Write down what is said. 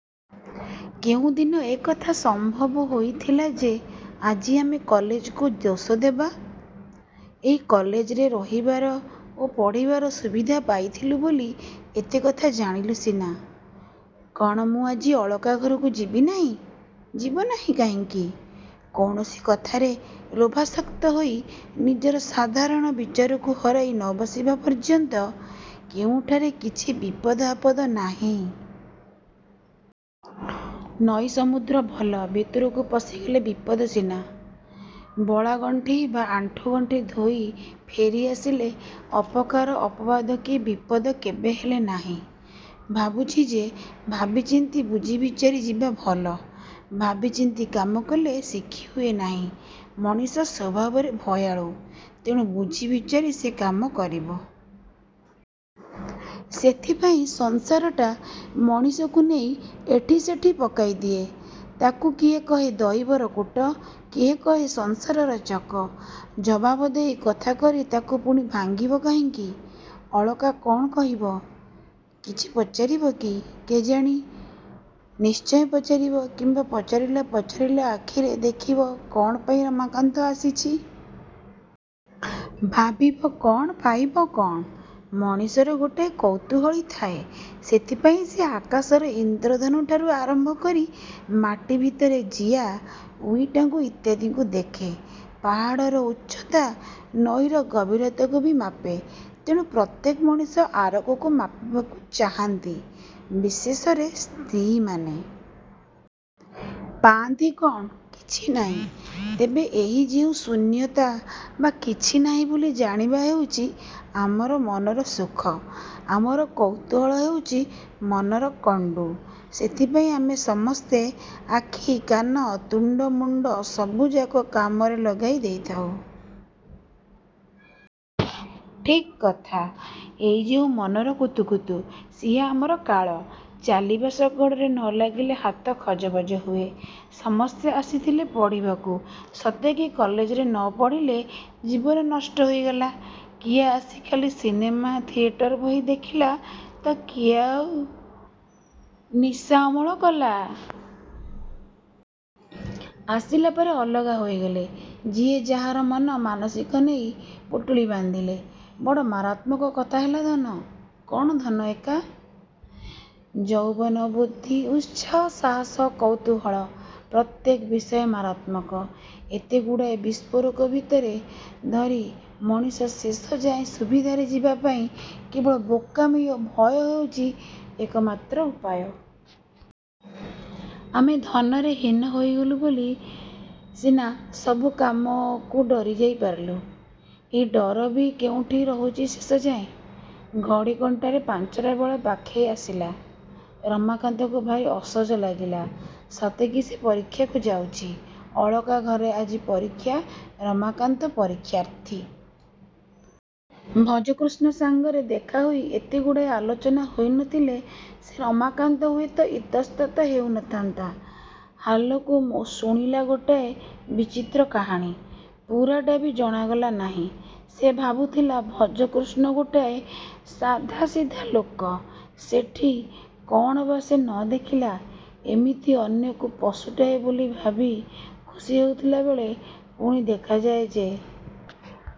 କେଉଁ ଦିନ ଏକଥା ସମ୍ଭବ ହୋଇଥିଲା ଯେ ଆଜି ଆମେ କଲେଜକୁ ଦୋଷ ଦେବା? ଏଇ କଲେଜରେ ରହିବାର ଓ ପଢ଼ିବାର ସୁବିଧା ପାଇଥିଲୁ ବୋଲି ଏତେ କଥା ଜାଣିଲୁ ସିନା। -କ'ଣ ମୁଁ ଆଜି ଅଳକା ଘରକୁ ଯିବି ନାହିଁ? -ଯିବନାହିଁ କାହିଁକି? କୌଣସି କଥାରେ ଲୋଭାସକ୍ତ ହୋଇ ନିଜର ସାଧାରଣ ବିଚାରକୁ ହରାଇ ନ ବସିବା ପର୍ଯ୍ୟନ୍ତ କେଉଁଠାରେ କିଛି ବିପଦ ଆପଦ ନାହିଁ। ନଈ ସମୁଦ୍ର ଭଲ-ଭିତରକୁ ପଶିଗଲେ ବିପଦ ସିନା। ବଳାଗଣ୍ଠି ବା ଆଣ୍ଠୁଗଣ୍ଠି ଧୋଇ ଫେରି ଆସିଲେ ଅପକାର-ଅପବାଦ କି ବିପଦ କେବେହେଲେ ନାହିଁ। -ଭାବୁଛି ଯେ ଭାବିଚିନ୍ତି ବୁଝିବିଚାରି ଯିବା ଭଲ। -ଭାବିଚିନ୍ତି କାମ କଲେ ଶିଖି ହୁଏ ନାହିଁ। ମଣିଷ ସ୍ୱଭାବରେ ଭୟାଳୁ। ତେଣୁ ବୁଝି ବିଚାରି ସେ କାମ କରିବ। ସେଥିପାଇଁ ସଂସାରଟା ମଣିଷକୁ ନେଇ ଏଠି ସେଠି ପକାଇ ଦିଏ-ତାକୁ କିଏ କହେ ଦଇବର କୂଟ-କିଏ କହେ ସଂସାରର ଚକ। ଜବାବ ଦେଇ କଥା କରି ତା'କୁ ପୁଣି ଭାଙ୍ଗିବ କାହିଁକି? ଅଳକା କ'ଣ କହିବ? କିଛି ପଚାରିବ କି? -କେଜାଣି? ନିଶ୍ଚୟ ପଚାରିବ କିମ୍ୱା ପଚାରିଲା ପଚାରିଲା ଆଖିରେ ଦେଖିବ କ'ଣ ପାଇଁ ରମାକାନ୍ତ ଆସିଛି? -ଭାବିବ କ'ଣ? ପାଇବ କ'ଣ? -ମଣିଷର ଗୋଟାଏ କୌତୂହଳୀ ଥାଏ। ସେଥିପାଇଁ ସେ ଆକାଶର ଇନ୍ଦ୍ରଧନୁଠାରୁ ଆରମ୍ଭ କରି ମାଟି ଭିତରେ ଜିଆ, ଉଇଟାଙ୍କୁ ଇତ୍ୟାଦିକୁ ଦେଖେ। ପାହାଡ଼ର ଉଚ୍ଚତା, ନଈର ଗଭୀରତାକୁ ବି ମାପେ। ତେଣୁ ପ୍ରତ୍ୟେକ ମଣିଷ ଆରକକୁ ମାପିବାକୁ ଚାହାନ୍ତି-ବିଶେଷରେ ସ୍ତ୍ରୀମାନେ। -ପାଆନ୍ତି କ'ଣ? -କିଛି ନାହିଁ। ତେବେ ଏହି ଯେଉଁ ଶୂନ୍ୟତା ବା କିଛି ନାହିଁ ବୋଲି ଜାଣିବା ହେଉଛି ଆମର ମନର ସୁଖ। ଆମର କୌତୂହଳ ହେଉଛି ମନର କଣ୍ଡୁ। ସେଥିପାଇଁ ଆମେ ସମସ୍ତେ ଆଖି, କାନ, ତୁଣ୍ଡ ମୁଣ୍ଡ ସବୁଯାକ କାମରେ ଲଗାଇ ଦେଇଥାଉ। -ଠିକ୍ କଥା। ଏଇ ଯେଉଁ ମନର କୁତୁକୁତୁ-ସିଏ ଆମର କାଳ। ଚାଲିବା ଶଗଡ଼ରେ ନ ଲାଗିଲେ ହାତ ଖଜବଜ ହୁଏ। ସମସ୍ତେ ଆସିଥିଲେ ପଢ଼ିବାକୁ। ସତେକି କଲେଜରେ ନ ପଢ଼ିଲେ ଜୀବନ ନଷ୍ଟ ହୋଇଗଲା। କିଏ ଆସି ଖାଲି ସିନେମା ଥିଏଟର ବହି ଦେଖିଲା ତ ଆଉ କିଏ ନିଶା ଅମଳ କଲା-? ଆସିଲା ପରେ ଅଲଗା ହୋଇଗଲେ-ଯିଏ ଯାହାର ମନ ମାନସିକ ନେଇ ପୁଟୁଳି ବାନ୍ଧିଲେ-। -ବଡ଼ ମାରାତ୍ମକ କଥା ହେଲା ଧନ? -କ'ଣ ଧନ ଏକା? ଯୌବନ, ବୁଦ୍ଧି, ଉତ୍ସାହ, ସାହସ, କୌତୂହଳ-ପ୍ରତ୍ୟେକ ବିଷୟ ମାରାତ୍ମକ। ଏତେ ଗୁଡ଼ାଏ ବିସ୍ଫୋରକ ଭିତରେ ଧରି ମଣିଷ ଶେଷଯାଏ ସୁବିଧାରେ ଯିବାପାଇଁ କେବଳ ବୋକାମି ଓ ଭୟ ହେଉଛି ଏକମାତ୍ର ଉପାୟ। -ଆମେ ଧନରେ ହୀନ ହୋଇଗଲୁ ବୋଲି ସିନା ସବୁ କାମକୁ ଡରିଯାଇ ପାରିଲୁ। ଏଇ ଡର ବି କେଉଁଠି ରହୁଛି ଶେଷଯାଏ? ଘଡ଼ି କଣ୍ଟାରେ ପାଞ୍ଚଟା ବେଳ ପାଖେଇ ଆସିଲା। ରମାକାନ୍ତକୁ ଭାରି ଅସଜ ଲାଗିଲା-ସତେ କି ସେ ପରୀକ୍ଷାକୁ ଯାଉଛି। ଅଳକା ଘରେ ଆଜି ପରୀକ୍ଷା-ରମାକାନ୍ତ ପରୀକ୍ଷାର୍ଥୀ। ଭଜକୃଷ୍ଣ ସାଙ୍ଗରେ ଦେଖାହୋଇ ଏତେଗୁଡ଼ାଏ ଆଲୋଚନା ହୋଇ ନଥିଲେ ସେ ରମାକାନ୍ତ ହୁଏତ ଇତସ୍ତତଃ ହେଉ ନଥାନ୍ତା। ହାଲକୁ ଶୁଣିଲା ଗୋଟାଏ ବିଚିତ୍ର କାହାଣୀ-ପୂରାଟା ବି ଜଣାଗଲା ନାହିଁ। ସେ ଭାବୁଥିଲା ଭଜକୃଷ୍ଣ ଗୋଟାଏ ସାଧାସିଧା ଲୋକ-ସେଠି କ'ଣ ବା ସେ ନ ଦେଖିଲା? ଏମିତି ଅନ୍ୟକୁ ପଶୁଟାଏ ବୋଲି ଭାବି ଖୁସି ହେଉଥିଲା ବେଳେ ପୁଣି ଦେଖାଯାଏ ଯେ।